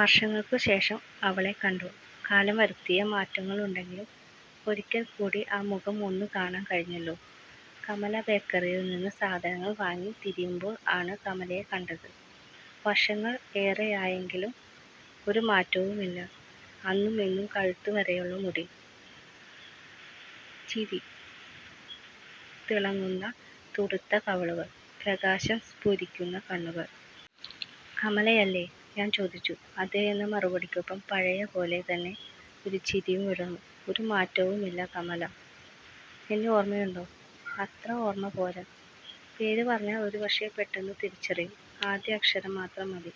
വർഷങ്ങൾക്കുശേഷം അവളെ കണ്ടു, കാലം വരുത്തിയ മാറ്റങ്ങളുണ്ടെങ്കിലും ഒരിക്കൽ കൂടി ആ മുഖം ഒന്ന് കാണാൻ കഴിഞ്ഞല്ലോ... കമല ബേക്കറിയിൽ നിന്ന് സാധനങ്ങൾ വാങ്ങി തിരിയുമ്പോൾ ആണ് കമലയെ കണ്ടത്. വർഷങ്ങൾ ഏറെയായെങ്കിലും ഒരു മാറ്റവുമില്ല. അന്നും ഇന്നും കഴുത്ത് വരെയുള്ള മുടി, ചിരി തിളങ്ങുന്ന തുടുത്ത കവിളുകൾ, പ്രകാശം സ്ഫുരിക്കുന്ന കണ്ണുകൾ. "കമലയല്ലേ" ഞാൻ ചോദിച്ചു. അതെയെന്ന മറുപടിക്കൊപ്പം പഴയപോലെ തന്നെ ഒരു ചിരിയും വിടർന്നു. "ഒരു മാറ്റവുമില്ല കമല, എന്നെ ഓർമയുണ്ടോ" "അത്ര ഓർമ പോര, പേര് പറഞ്ഞാൽ ഒരു പക്ഷെ പെട്ടെന്ന് തിരിച്ചറിയും, ആദ്യ അക്ഷരം മാത്രം മതി".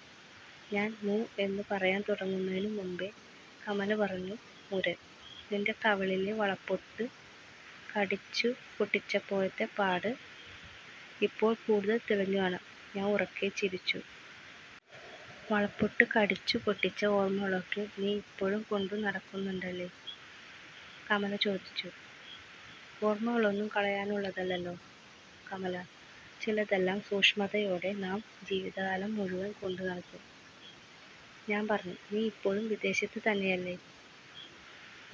ഞാൻ മു എന്ന് പറയാൻ തുടങ്ങുന്നതിനുമുമ്പേ കമല പറഞ്ഞു, 'മുരൻ, നിന്റെ കവിളിലെ വളപ്പൊട്ട് കടിച്ചു പൊട്ടിച്ചപ്പോഴത്തെ പാട് ഇപ്പോൾ കൂടുതൽ തെളിഞ്ഞു കാണാം' ഞാൻ ഉറക്കെ ചിരിച്ചു. 'വളപ്പൊട്ട് കടിച്ചു പൊട്ടിച്ച ഓർമകളൊക്കെ നീ ഇപ്പോഴും കൊണ്ട് നടക്കുന്നുണ്ടല്ലെ' കമല ചോദിച്ചു. 'ഓർമകളൊന്നും കളയാനുള്ളതല്ലല്ലോ കമല, ചിലതെല്ലാം സൂക്ഷ്മതയോടെ നാം ജീവിതകാലം മുഴുവൻ കൊണ്ട് നടക്കും'. ഞാൻ പറഞ്ഞു. 'നീ ഇപ്പോഴും വിദേശത്ത് തന്നെയല്ലേ,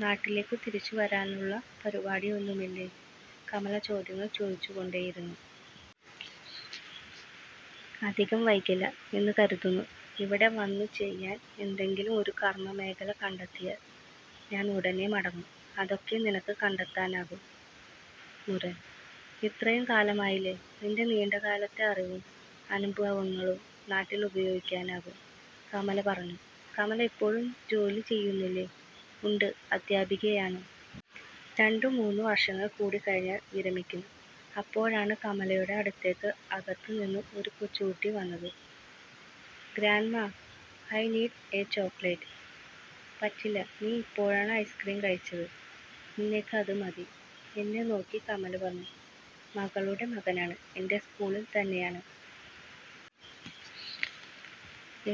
നാട്ടിലേക്കു തിരിച്ചു വരാനുള്ള പരിപാടിയൊന്നുമില്ലേ? ' കമല ചോദ്യങ്ങൾ ചോദിച്ചു കൊണ്ടേയിരുന്നു. 'അധികം വൈകില്ല എന്ന് കരുതുന്നു. ഇവിടെ വന്നു ചെയ്യാൻ എന്തെകിലും ഒരു കർമമേഖല കണ്ടെത്തിയാൽ ഞാൻ ഉടനെ മടങ്ങും'. 'അതൊക്കെ നിനക്ക് കണ്ടെത്താനാകും മുരൻ, ഇത്രയും കാലമായില്ലേ, നിന്റെ നീണ്ടകാലത്തെ അറിവും അനുഭവങ്ങളും നാട്ടിൽ ഉപയോഗിക്കാനാകും'. കമല പറഞ്ഞു. കമല ഇപ്പോഴും ജോലി ചെയ്യുന്നില്ലേ. ഉണ്ട്, അധ്യാപികയാണ്. രണ്ടുമൂന്ന് വർഷങ്ങൾ കൂടി കഴിഞ്ഞാൽ വിരമിക്കും. അപ്പോഴാണ് കമലയുടെ അടുത്തേക്ക് അകത്ത് നിന്ന് ഒരു കൊച്ചു കുട്ടി വന്നത്. 'Grandma, I need a chocolate ' പറ്റില്ല, നീ ഇപ്പോഴാണ് ഐസ്ക്രീം കഴിച്ചത്, ഇന്നേക്ക് അത് മതി. എന്നെ നോക്കി കമല പറഞ്ഞു, 'മകളുടെ മകനാണ്, എന്റെ സ്കൂളിൽ തന്നെയാണ്.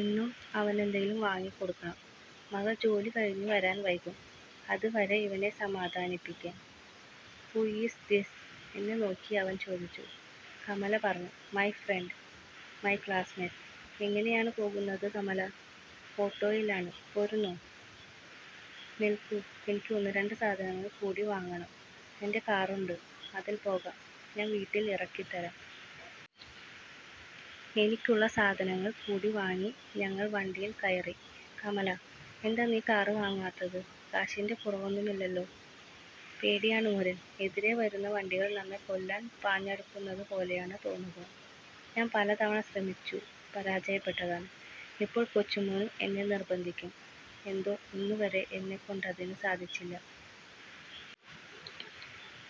എന്നും അവനെന്തെങ്കിലും വാങ്ങി കൊടുക്കണം, മകൾ ജോലി കഴിഞ്ഞു വരാൻ വൈകും, അത് വരെ ഇവനെ സമാധാനിപ്പിക്കാൻ'. 'ഹു ഈസ് ദിസ്' എന്നെ നോക്കി അവൻ ചോദിച്ചു. കമല പറഞ്ഞു, 'മൈ ഫ്രണ്ട്, മൈ ക്ലാസ്മേറ്റ്. 'എങ്ങിനെയാണ് പോകുന്നത് കമല' 'ഓട്ടോയിലാണ്, പോരുന്നോ'. 'നിൽക്കൂ, എനിക്ക് ഒന്ന് രണ്ട് സാധനങ്ങൾ കൂടി വാങ്ങണം, എന്റെ കാറുണ്ട് അതിൽ പോകാം, ഞാൻ വീട്ടിൽ ഇറക്കി തരാം'. എനിക്കുള്ള സാധനങ്ങൾ കൂടി വാങ്ങി ഞങ്ങൾ വണ്ടിയിൽ കയറി. 'കമല എന്താ നീ കാറ് വാങ്ങാത്തത്, കാശിന്റെ കുറവൊന്നുമില്ലല്ലോ' 'പേടിയാണ് മുരൻ, എതിരെ വരുന്ന വണ്ടികൾ നമ്മെ കൊല്ലാൻ പാഞ്ഞടുക്കുന്നതുപോലെയാണ് തോന്നുക, ഞാൻ പല തവണ ശ്രമിച്ചു പരാജയപ്പെട്ടതാണ്. ഇപ്പോൾ കൊച്ചുമോനും എന്നെ നിർബന്ധിക്കും, എന്തോ ഇന്നുവരെ എന്നൊക്കൊണ്ടതിന് സാധിച്ചില്ല'.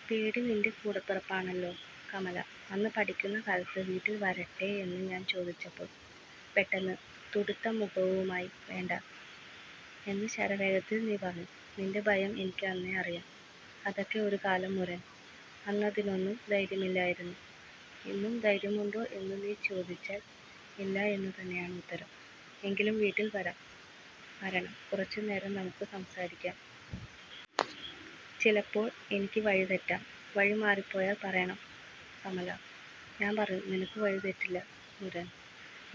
'പേടി നിന്റെ കൂടപ്പിറപ്പാണല്ലോ കമല, അന്ന് പഠിക്കുന്ന കാലത്ത് വീട്ടിൽ വരട്ടെ എന്ന് ഞാൻ ചോദിച്ചപ്പോൾ, പെട്ടെന്ന് തുടുത്ത മുഖവുമായി 'വേണ്ട' എന്ന് ശരവേഗത്തിൽ നീ പറഞ്ഞു. നിന്റെ ഭയം എനിക്ക് അന്നേ അറിയാം'. 'അതൊക്കെ ഒരു കാലം മുരൻ, അന്നതിനൊന്നും ധൈര്യമില്ലായിരുന്നു. ഇന്നും ധൈര്യമുണ്ടോ എന്ന് നീ ചോദിച്ചാൽ ഇല്ല എന്നുതന്നെയാണ് ഉത്തരം, എങ്കിലും വീട്ടിൽ വരാം, വരണം, കുറച്ചു നേരം നമുക്ക് സംസാരിക്കാം'. 'ചിലപ്പോൾ എനിക്ക് വഴി തെറ്റാം, വഴിമാറിപോയാൽ പറയണം കമല'. ഞാൻ പറഞ്ഞു. 'നിനക്ക് വഴിതെറ്റില്ല മുരൻ,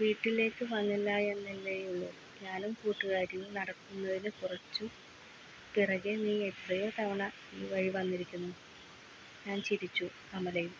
വീട്ടിലേക്ക് വന്നില്ലായെന്നല്ലേയുള്ളൂ. ഞാനും കൂട്ടുകാരിയും നടക്കുന്നതിന് കുറച്ചു പിറകെ നീ എത്രയോ തവണ ഈ വഴി വന്നിരിക്കുന്നു'. ഞാൻ ചിരിച്ചു, കമലയും